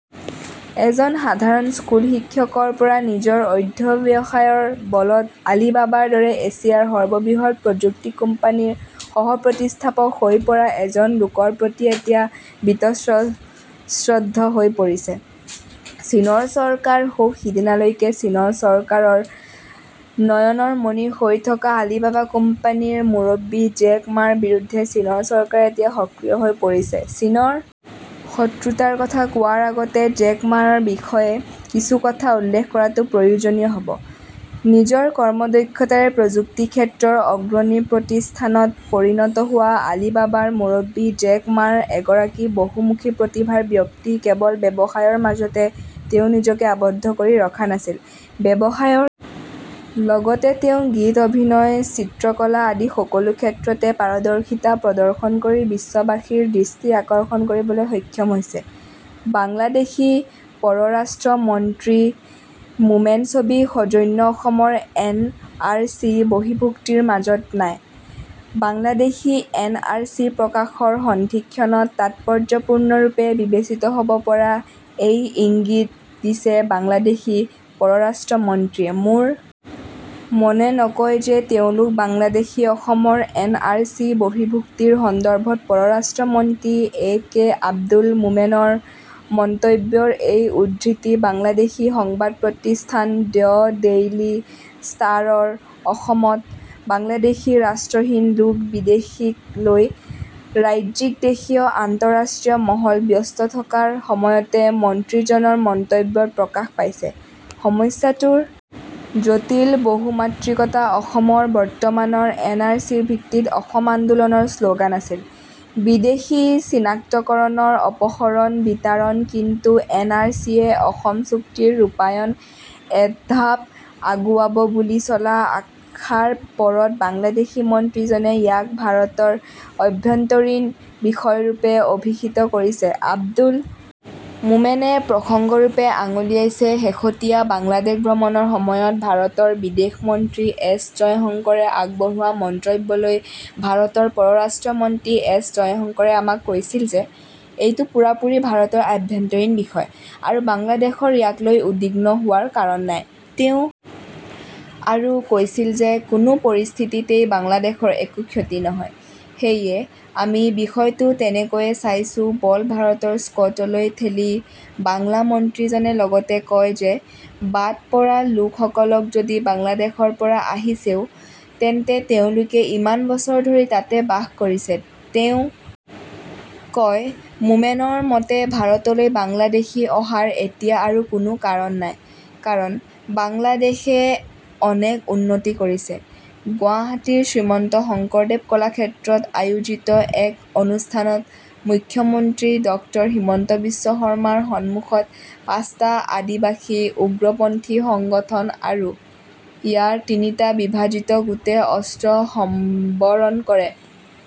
এজন সাধাৰণ স্কুল শিক্ষকৰ পৰা নিজৰ অধ্যৱসায়ৰ বলত আলিবাবাৰ দৰে এছিয়াৰ সৰ্ববৃহৎ প্ৰযুক্তি কোম্পোনীৰ সহপ্ৰতিষ্ঠাপক হৈ পৰা এজন লোকৰ প্ৰতি এতিয়া বীতশ্ৰদ্ধ হৈ পৰিছে ।চীনৰ চৰকাৰ সৌ-সিদিনালৈ চীনৰ চৰকাৰৰ নয়নৰ মণি হৈ থকা আলিবাবা কোম্পানীৰ মুৰব্বী জেক মাৰ বিৰুদ্ধে চীনৰ চৰকাৰে এতিয়া সক্ৰিয় হৈ পৰিছে। চীনৰ শত্ৰুতাৰ কথা কোৱাৰ আগতে জেক মাৰ বিষয়ে কিছু কথা উল্লেখ কৰাটো প্ৰয়োজনীয় হব। নিজৰ কৰ্ম দক্ষতাৰে প্ৰযুক্তি ক্ষেত্ৰৰ অগ্ৰণী প্ৰতিষ্ঠানত পৰিণত হোৱা আলিবাবাৰ মুৰব্বী জেক মা এগৰাকী বহুমুখী প্ৰতিভাৰ ব্যক্তি কেৱল ব্যৱসায়ৰ মাজতে তেওঁ নিজকে আৱদ্ধ কৰি ৰখা নাই। ব্যৱসায়ৰ লগতে তেওঁ গীত অভিনয় চিত্ৰকলা আদি সকলো ক্ষেত্ৰতে পাৰদৰ্শিতা প্ৰদৰ্শন কৰি বিশ্ববাসীৰ দৃষ্টি আকৰ্ষণ কৰিবলৈ সক্ষম হৈছে। বাংলাদেশী পৰৰাষ্ট্ৰ মন্ত্ৰী মোমেনছবি সৌজন্য অসমৰ এন আৰ চি বহিৰ্ভূতৰ মাজত নাই ।বাংলাদেশী এন আৰ চি প্ৰকাশৰ সন্ধিক্ষণত তাৎপৰ্য্যপূৰ্ণৰূপে বিবেচিত হব পৰা এই ইংগিত দিছে বাংলাদেশী পৰৰাষ্ট্ৰ মন্ত্ৰীয়ে। মোৰ মনে নকয় যে তেওঁলোক বাংলাদেশী অসমৰ এন আৰ চি বহিৰ্ভূতৰ সন্দৰ্ভত পৰৰাষ্ট্ৰ মন্ত্ৰী এ কে আব্দুল মোমেনৰ মন্তব্যৰ এই উদ্ধৃতি বাংলাদেশী সংবাদ প্ৰতিষ্ঠান দ্যা ডেইলি ষ্টাৰৰ ।অসমত বাংলাদেশী ৰাষ্ট্ৰহীন লোক বিদেশীক লৈ ৰাজ্যিকদেশীয় আন্তঃৰাষ্ট্ৰীয় মহল ব্যস্ত থকাৰ সময়তে মন্ত্ৰীজনৰ মন্তব্যত প্ৰকাশ পাইছে ।সমস্যাটোৰ জটিল বহুমাত্ৰিকতা অসমৰ বৰ্তমানৰ এন আৰ চিৰ ভিত্তি অসম আন্দোলনৰ শ্লগান আছিল ।বিদেশী চিনাক্তকৰণ অপসৰণ বিতাড়ন কিন্তু এন আৰ চিৰে অসম চুক্তিৰ ৰূপায়ণ এঢাপ আগুৱাব বুলি চলা আশাৰ পৰত বাংলাদেশী মন্ত্ৰীজনে ইয়াক ভাৰতৰ অভ্যন্তৰীণ বিষয়ৰূপে অভিহিত কৰিছে। আব্দুল মোমেনে প্ৰসংগৰূপে আঙুলিয়াইছে শেহতীয়া বাংলাদেশ ভ্ৰমণৰ সময়ত ভাৰতৰ বিদেশ মন্ত্ৰী এছ জয়শংকৰে আগবঢ়োৱা মন্তব্যলৈ ভাৰতৰ পৰৰাষ্ট্ৰ মন্ত্ৰী এছ জয়শঙ্কৰে আমাক কৈছিল যে, এইটো পূৰা-পূৰি ভাৰতৰ অভ্যন্তৰীণ বিষয় আৰু বাংলাদেশৰ ইয়াক লৈ উদ্বিগ্ন হোৱাৰ কাৰণ নাই। তেওঁ আৰু কৈছিল যে, কোনো পৰিস্থিতিতেই বাংলাদেশৰ একো ক্ষতি নহ'ব। সেয়ে আমি বিষয়টো তেনেকৈয়ে চাইছো বল ভাৰতৰ ক্টলৈ ঠেলি বাংলা মন্ত্ৰীজনে লগতে কয় যে ,বাদ পৰা লোকসকলক যদি বাংলাদেশৰ পৰা আহিছেও তেন্তে তেওঁলোকে ইমান বছৰ ধৰি তাতে বাস কৰিছে ।তেওঁ কয় মোমেনৰ মতে ভাৰতলৈ বাংলাদেশী অহাৰ এতিয়া আৰু কোনো কাৰণ নাই, কাৰণ বাংলাদেশে অনেক উন্নতি কৰিছে। গুৱাহাটীৰ শ্ৰীমন্ত শংকৰদেৱ কলাক্ষেত্ৰত আয়োজিত এক অনুষ্ঠানত মুখ্যমন্ত্ৰী ডক্টৰ হিমন্ত বিশ্ব শৰ্মাৰ সন্মুখত পাঁচটা আদিবাসী উগ্ৰপন্থী সংগঠন আৰু ইয়াৰ তিনিটা বিভাজিত গোটে অস্ত্ৰ সম্বৰণ কৰে।